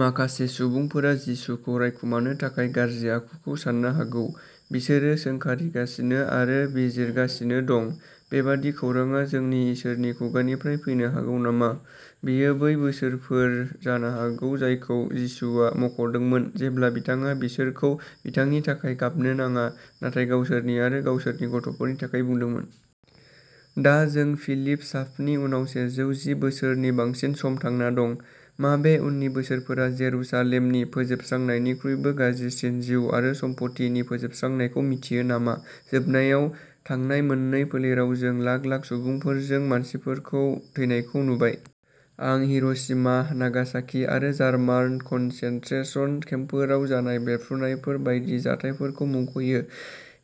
माखासे सुबुंफोरा जिसुखौ रायखुमानो थाखाय गाज्रि आखुखौ साननो हागौ। बिसोरो सोंखारिगासिनो आरो बिजिरगासिनो दं। बेबादि खौरांआ जोंनि इसोरनि खुगानिफ्राय फैनो हागौ नामा? बेयो बै बोसोरफोर जानो हागौ जायखौ जिसुआ मख’दोंमोन जेब्ला बिथाङा बिसोरखौ बिथांनि थाखाय गाबनो नाङा, नाथाय गावसोरनि आरो गावसोरनि गथ'फोरनि थाखाय बुंदोंमोन। दा जों फिलिप साफनि उनाव सेजौ जि बोसोरनि बांसिन सम थांना दं। मा बे उननि बोसोरफोरा जेरुसालेमनि फोजोबस्रांनायनिख्रुइबो गाज्रिसिन जिउ आरो सम्पथिनि फोजोबस्रांनायखौ मिथियो नामा? जोबनायाव, थांनाय मोननै फोलेराव जों लाख-लाख सुबुंफोरजों मानसिफोरखौ थैनायखौ नुबाय। आं हिर'शिमा, नागासाकि आरो जार्मान कनसेनट्रेसन केम्पफोराव जानाय बेरफ्रुनायफोर बायदि जाथायफोरखौ मुंख'यो।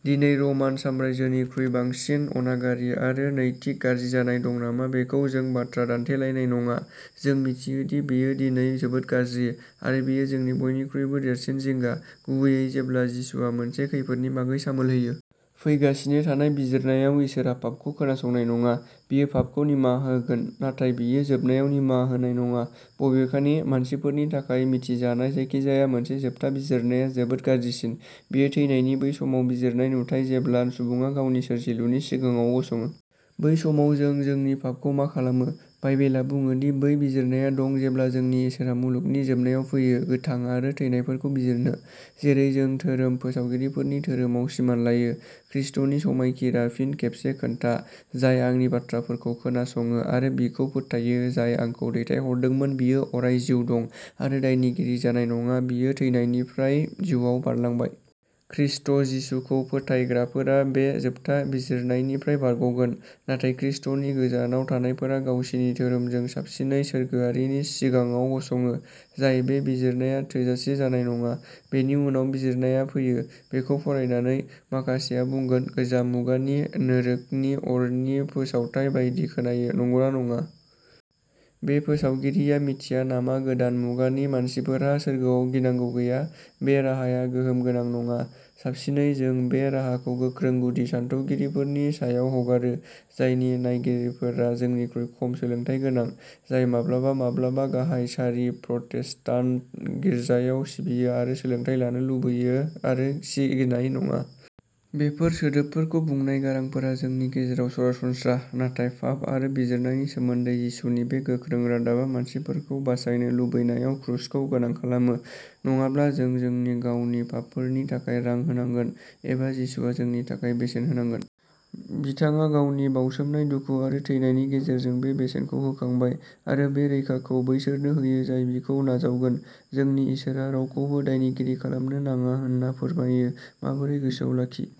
दिनै रमान साम्रायजोनिख्रुइ बांसिन अनागारि आरो नैतिक गाज्रि जानाय दं नामा बेखौ जों बाथ्रा दानथेलायनाय नङा। जों मिथियो दि बेयो दिनै जोबोद गाज्रि, आरो बेयो जोंनि बयनिख्रुइबो देरसिन जिंगा, गुबैयै जेब्ला जिसुआ मोनसे खैफोदनि बागै सामोल होयो। फैगासिनो थानाय बिजिरनायाव इसोरआ फाफखौ खोनासंनाय नङा। बियो फाफखौ निमाहा होगोन, नाथाय बियो जोबनायाव निमाहा होनाय नङा। बबेखानि, मानसिफोरनि थाखाय मिथिजानाय जायखिजाया मोनसे जोबथा बिजिरनाया जोबोद गाज्रिसिन। बेयो थैनायनि बै समाव बिजिरनाय नुथाय जेब्ला सुबुङा गावनि सोरजिलुनि सिगाङाव गसङो। बै समाव जों जोंनि फाफखौ मा खालामो? बाइबेला बुङो दि बै बिजिरनाया दं जेब्ला जोंनि इसोरआ मुलुगनि जोबनायाव फैयो "गोथां आरो थैनायफोरखौ बिजिरनो", जेरै जों धोरोम फोसावगिरिफोरनि धोरोमाव सिमान लायो। ख्रिस्ट’नि समायखिरा फिन खेबसे खोनथा, "जाय आंनि बाथ्राफोरखौ खोनासङो आरो बिखौ फोथायो जाय आंखौ दैथायहरदोंमोन बियो अराय जिउ दं, आरो दायनिगिरि जानाय नङा बियो थैनायनिफ्राय जिउआव बारलांबाय। ख्रिस्ट’ जिसुखौ फोथायग्राफोरा बे जोबथा बिजिरनायनिफ्राय बारग'गोन। नाथाय ख्रिस्ट’नि गोजानाव थानायफोरा गावसिनि धोरोमजों साबसिनै सोरगोआरिनि सिगाङाव गसङो, जाय बे बिजिरनाया थोजासे जानाय नङा। बेनि उनाव बिजिरनाया फैयो। बेखौ फरायनानै, माखासेया बुंगोन, गोजाम मुगानि, नोरोखनि अरनि फोसावथाय बायदि खोनायो, नंगौना नङा? बे फोसावगिरिया मिथिया नामा गोदान मुगानि मानसिफोरहा सोरगोआव गिनांगौ गैया? बे राहाया गोहोम गोनां नङा। साबसिनै जों बे राहाखौ गोख्रों गुदि सानथौगिरिफोरनि सायाव हगारो, जायनि नायगिरिफोरा जोंनिख्रुइ खम सोलोंथाय गोनां, जाय माब्लाबा-माब्लाबा गाहाय सारि प्रटेस्टान्ट गिरजायाव सिबियो आरो सोलोंथाय लानो लुबैयो आरो सिगिनाय नङा। बेफोर सोदोबफोरखौ बुंनाय गारांफोरा जोंनि गेजेराव सरासनस्रा, नाथाय फाफ आरो बिजिरनायनि सोमोन्दै जिसुनि बे गोख्रों रादाबा मानसिफोरखौ बासायनो लुबैनायाव क्रुसखौ गोनां खालामो। नङाब्ला जों जोंनि गावनि फाफफोरनि थाखाय रां होनांगोन, एबा जिसुआ जोंनि थाखाय बेसेन होनांगोन। बिथाङा गावनि बावसोमनाय दुखु आरो थैनायनि गेजेरजों बे बेसेनखौ होखांबाय, आरो बे रैखाखौ बैसोरनो होयो जाय बिखौ नाजावगोन। जोंनि इसोरआ रावखौबो दायनिगिरि खालामनो नाङा होनना फोरमायो। माबोरै गोसोआव लाखि।